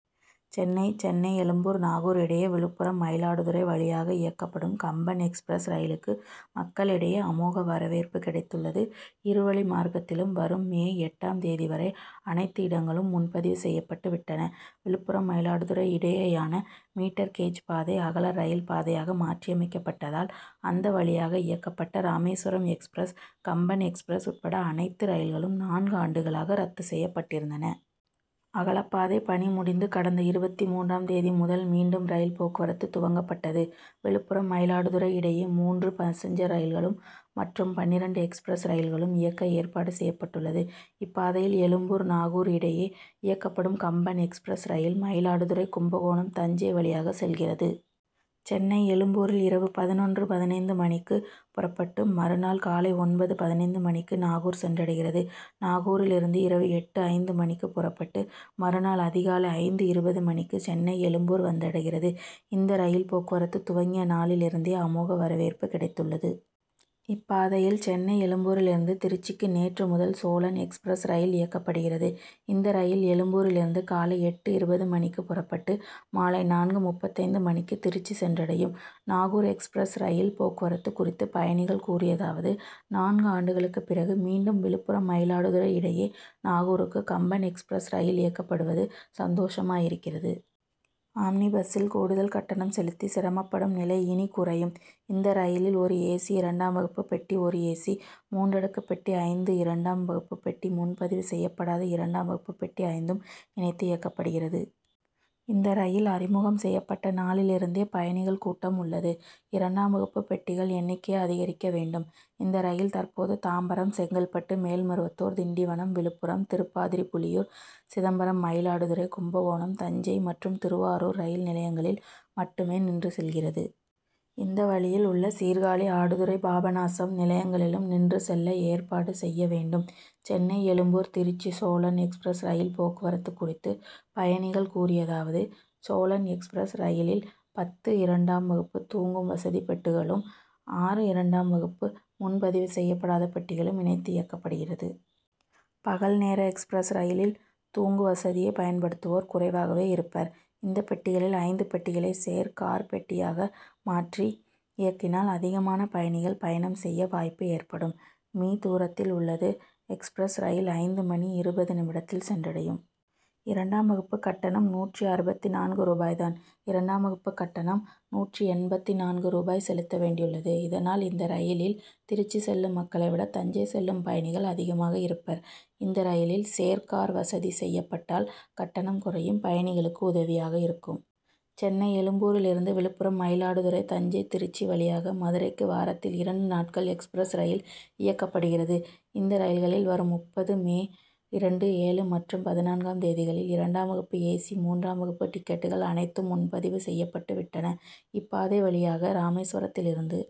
சென்னை சென்னை எழும்பூர் நாகூர் இடையே விழுப்புரம் மயிலாடுதுறை வழியாக இயக்கப்படும் கம்பன் எக்ஸ்பிரஸ் ரயிலுக்கு மக்களிடையே அமோக வரவேற்பு கிடைத்துள்ளது. இரு வழி மார்க்கத்திலும் வரும் மே எட்டாம் தேதி வரை அனைத்து இடங்களும் முன்பதிவு செய்யப்பட்டு விட்டன. விழுப்புரம் மயிலாடுதுறை இடையேயான மீட்டர் கேஜ் பாதை அகல ரயில் பாதையாக மாற்றியமைக்கப்பட்டதால் அந்த வழியாக இயக்கப்பட்ட ராமேஸ்வரம் எக்ஸ்பிரஸ் கம்பன் எக்ஸ்பிரஸ் உட்பட அனைத்து ரயில்களும் நான்கு ஆண்டுகளாக ரத்து செய்யப்பட்டிருந்தன. அகலப்பாதை பணி முடிந்து கடந்த இருபத்துமூன்றாம் தேதி முதல் மீண்டும் ரயில் போக்குவரத்து துவங்கப் பட்டது. விழுப்புரம் மயிலாடுதுறை இடையே மூன்று பாசஞ்சர் ரயில்களும் மற்றும் பன்னிரண்டு எக்ஸ்பிரஸ் ரயில்களும் இயக்க ஏற்பாடு செய்யப்பட்டுள்ளது. இப்பாதையில் எழும்பூர் நாகூர் இடையே இயக்கப்படும் கம்பன் எக்ஸ்பிரஸ் ரயில் மயிலாடுதுறை கும்பகோணம் தஞ்சை வழியாகச் செல்கிறது. சென்னை எழும்பூரில் இரவு பதினொன்று பதினைந்து மணிக்கு புறப்பட்டு மறுநாள் காலை ஒன்பது பதினைந்து மணிக்கு நாகூர் சென்றடைகிறது. நாகூரிலிருந்து இரவு எட்டு ஐந்து மணிக்கு புறப்பட்டு மறுநாள் அதிகாலை ஐந்து இருபது மணிக்கு சென்னை எழும்பூர் வந்தடைகிறது. இந்த ரயில் போக்குவரத்து துவங்கிய நாளிலிருந்தே அமோக வரவேற்பு கிடைத்துள்ளது. இப்பாதையில் சென்னை எழும்பூரிலிருந்து திருச்சிக்கு நேற்று முதல் சோழன் எக்ஸ்பிரஸ் ரயில் இயக்கப்படுகிறது. இந்த ரயில் எழும்பூரிலிருந்து காலை எட்டு இருபது மணிக்கு புறப்பட்டு மாலை நான்கு முப்பத்தைந்து மணிக்கு திருச்சி சென்றடையும். நாகூர் எக்ஸ்பிரஸ் ரயில் போக்குவரத்து குறித்து பயணிகள் கூறியதாவது நான்கு ஆண்டுகளுக்கு பிறகு மீண்டும் விழுப்புரம்-மயிலாடுதுறை இடையே நாகூருக்கு கம்பன் எக்ஸ்பிரஸ் ரயில் இயக்கப்படுவது சந்தோஷமாயிருக்கிறது. ஆம்னி பஸ்சில் கூடுதல் கட்டணம் செலுத்தி சிரமப்படும் நிலை இனி குறையும். இந்த ரயிலில் ஒரு ஏசி இரண்டாம் வகுப்பு பெட்டி ஒரு ஏசி மூன்றடுக்கு பெட்டி ஐந்து இரண்டாம் வகுப்பு பெட்டி முன்பதிவு செய்யப் படாத இரண்டாம் வகுப்பு பெட்டி ஐந்தும் இணைத்து இயக்கப்படுகிறது. இந்த ரயில் அறிமுகம் செய்யப்பட்ட நாளிலிருந்தே பயணிகள் கூட்டம் உள்ளது. இரண்டாம் வகுப்பு பெட்டிகள் எண்ணிக்கையை அதிகரிக்க வேண்டும். இந்த ரயில் தற்போது தாம்பரம் செங்கல்பட்டு மேல்மருவத்தூர் திண்டிவனம் விழுப்புரம் திருப்பாதிரிபுலியூர் சிதம்பரம் மயிலாடுதுறை கும்பகோணம் தஞ்சை மற்றும் திருவாரூர் ரயில் நிலையங்களில் மட்டுமே நின்று செல்கிறது. இந்த வழியில் உள்ள சீர்காழி ஆடுதுறை பாபநாசம் நிலையங்களிலும் நின்று செல்ல ஏற்பாடு செய்ய வேண்டும். சென்னை எழும்பூர் திருச்சி சோழன் எக்ஸ்பிரஸ் ரயில் போக்குவரத்து குறித்து பயணிகள் கூறியதாவது சோழன் எக்ஸ்பிரஸ் ரயிலில் பத்து இரண்டாம் வகுப்பு தூங்கும் வசதி பெட்டிகளும் ஆறு இரண்டாம் வகுப்பு முன்பதிவு செய்யப்படாத பெட்டிகளும் இணைத்து இயக்கப்படுகிறது. பகல் நேர எக்ஸ்பிரஸ் ரயிலில் தூங்கு வசதியை பயன்படுத்துவோர் குறைவாகவே இருப்பர். இந்த பெட்டிகளில் ஐந்து பெட்டிகளை சேர் கார் பெட்டியாக மாற்றி இயக்கினால் அதிகமான பயணிகள் பயணம் செய்ய வாய்ப்பு ஏற்படும். மீ. தூரத்தில் உள்ளது. எக்ஸ்பிரஸ் ரயில் ஐந்து மணி இருபது நிமிடத்தில் சென்றடையும். இரண்டாம் வகுப்பு கட்டணம் நூற்று அறுபத்து நான்கு ரூபாய் தான். இரண்டாம் வகுப்பு கட்டணம் நூற்று எண்பத்து நான்கு ரூபாய் செலுத்த வேண்டியுள்ளது. இதனால் இந்த ரயிலில் திருச்சி செல்லும் மக்களை விட தஞ்சை செல்லும் பயணிகள் அதிகமாக இருப்பர். இந்த ரயிலில் சேர் கார் வசதி செய்யப்பட்டால் கட்டணம் குறையும் பயணிகளுக்கு உதவியாக இருக்கும். சென்னை எழும்பூரிலிருந்து விழுப்புரம் மயிலாடுதுறை தஞ்சை திருச்சி வழியாக மதுரைக்கு வாரத்தில் இரண்டு நாட்கள் எக்ஸ்பிரஸ் ரயில் இயக்கப்படுகிறது. இந்த ரயில்களில் வரும் முப்பது மே இரண்டு ஏழு மற்றும் பதினான்காம் தேதிகளில் இரண்டாம் வகுப்பு ஏசி மூன்றாம் வகுப்பு டிக்கெட்டுகள் அனைத்தும் முன்பதிவு செய்யப்பட்டு விட்டன. இப்பாதை வழியாக ராமேஸ்வரத்திலிருந்து